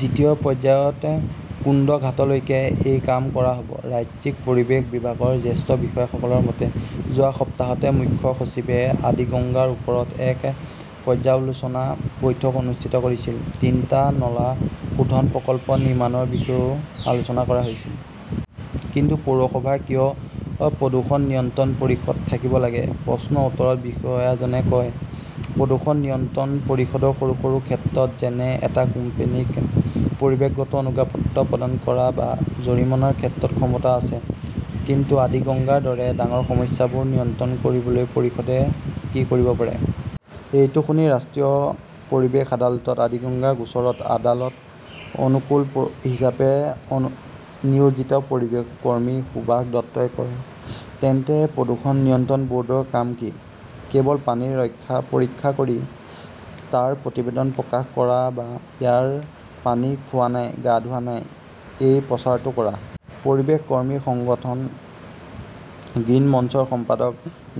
দ্বিতীয় পৰ্যায়ত কুন্দঘাটলৈকে এই কাম কৰা হ'ব। ৰাজ্যিক পৰিৱেশ বিভাগৰ জ্যেষ্ঠ বিষয়াসকলৰ মতে, যোৱা সপ্তাহতহে মুখ্য সচিবে আদিগঙ্গাৰ ওপৰত এক পৰ্যালোচনা বৈঠক অনুষ্ঠিত কৰিছিল। তিনিটা নলা শোধন প্ৰকল্প নিৰ্মাণৰ বিষয়েও আলোচনা কৰা হৈছিল। কিন্তু পৌৰসভাৰ কিয় প্ৰদূষণ নিয়ন্ত্ৰণ পৰিষদ থাকিব লাগে? প্ৰশ্নৰ উত্তৰত বিষয়াজনে কয়, প্ৰদূষণ নিয়ন্ত্ৰণ পৰিষদৰ সৰু সৰু ক্ষেত্ৰত, যেনে এটা কোম্পানীক পৰিৱেশগত অনুজ্ঞাপত্ৰ প্ৰদান কৰা বা জৰিমনাৰ ক্ষেত্ৰত ক্ষমতা আছে। কিন্তু আদিগঙ্গাৰ দৰে ডাঙৰ সমস্যাবোৰ নিয়ন্ত্ৰণ কৰিবলৈ পৰিষদে কি কৰিব পাৰে? এইটো শুনি, ৰাষ্ট্ৰীয় পৰিৱেশ আদালতত আদিগঙ্গা গোচৰত আদালত-অনুকূল হিচাপে নিয়োজিত পৰিৱেশ কৰ্মী সুভাষ দত্তই কয়, তেন্তে প্ৰদূষণ নিয়ন্ত্ৰণ ব'ৰ্ডৰ কাম কি? কেৱল পানী পৰীক্ষা কৰি তাৰ প্ৰতিবেদন প্ৰকাশ কৰা বা ইয়াৰ পানী খোৱা নাই, গা ধোৱা নাই, এই প্ৰচাৰটো কৰা? পৰিৱেশ কৰ্মী সংগঠন গ্ৰীণ মঞ্চৰ সম্পাদক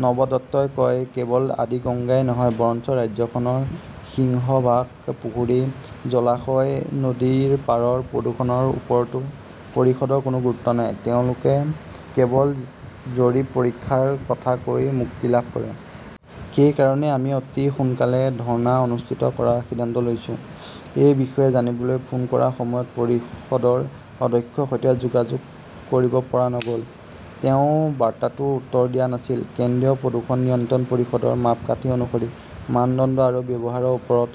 নব দত্তই কয়, কেৱল আদিগংগাই নহয়, বৰঞ্চ ৰাজ্যখনৰ সিংহভাগ পুখুৰী, জলাশয়, নদীৰ পানীৰ প্ৰদূষণৰ ওপৰতো পৰিষদৰ কোনো গুৰুত্ব নাই। তেওঁলোকে কেৱল জৰীপ-পৰীক্ষাৰ কথা কৈ মুক্তি লাভ কৰে। সেই কাৰণেই আমি অতি সোনকালে ধৰ্ণা অনুষ্ঠিত কৰাৰ সিদ্ধান্ত লৈছো। এই বিষয়ে জানিবলৈ ফোন কৰাৰ সময়ত পৰিষদৰ অধ্যক্ষৰ সৈতে যোগাযোগ কৰিব পৰা নগ'ল। তেওঁ বাৰ্তাটোৰো উত্তৰ দিয়া নাছিল। কেন্দ্ৰীয় প্ৰদূষণ নিয়ন্ত্ৰণ পৰিষদৰ মাপকাঠি অনুসৰি, মানদণ্ড আৰু ব্যৱহাৰৰ ওপৰত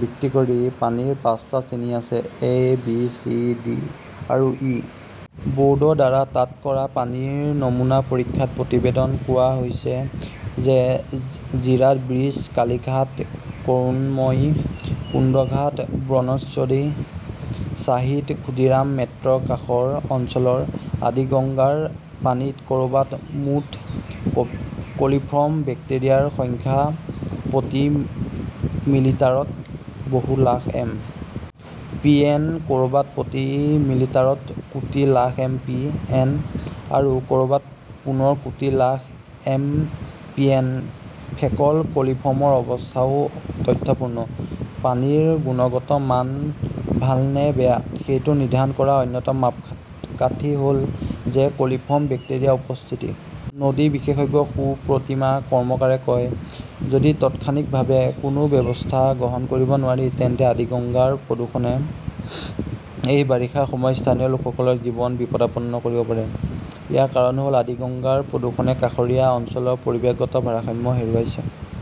ভিত্তি কৰি পানীৰ পাঁচটা শ্ৰেণী আছে-এ, বি, চি, ডি আৰু ই। ব'ৰ্ডৰ দ্বাৰা তাত কৰা পানীৰ নমুনা পৰীক্ষাৰ প্ৰতিবেদনত কোৱা হৈছে যে জিৰাট ব্ৰীজ, কালীঘাট, কৰুণময়ী, কুন্দঘাট, বনশ্দ্ৰনী, শ্বাহিদ খুদিৰাম মেট্ৰৰ কাষৰ অঞ্চলৰ আদিগঙ্গাৰ পানীত ক'ৰবাত মুঠ কলিফৰ্ম বেক্টেৰিয়াৰ সংখ্যা প্ৰতি মিলিটাৰত বহু লাখ এম. পি. এন., ক'ৰবাত প্ৰতি মিলিটাৰত কোটি লাখ এম. পি. এন., আৰু ক'ৰবাত পুনৰ কোটি lakh M. P. N.. Faecal কলিফৰ্মৰ অৱস্থাও তথ্যপূৰ্ণ। পানীৰ গুণগত মান ভাল নে বেয়া সেইটো নিৰ্ধাৰণ কৰাৰ অন্যতম মাপকাঠি হ'ল এই কলিফৰ্ম বেক্টেৰিয়াৰ উপস্থিতি। নদী বিশেষজ্ঞ সুপ্ৰতীমা কৰ্মকাৰে কয়, যদি তাৎক্ষণিকভাৱে কোনো ব্যৱস্থা গ্ৰহণ কৰিব নোৱাৰি, তেন্তে আদিগঙ্গাৰ প্ৰদূষণে এই বাৰিষাৰ সময়ত স্থানীয় লোকসকলৰ জীৱন বিপদাপন্ন কৰিব পাৰে। ইয়াৰ কাৰণ হ'ল, আদিগঙ্গাৰ প্ৰদূষণে কাষৰীয়া অঞ্চলৰ পৰিৱেশগত ভাৰসাম্য হেৰুৱাইছে।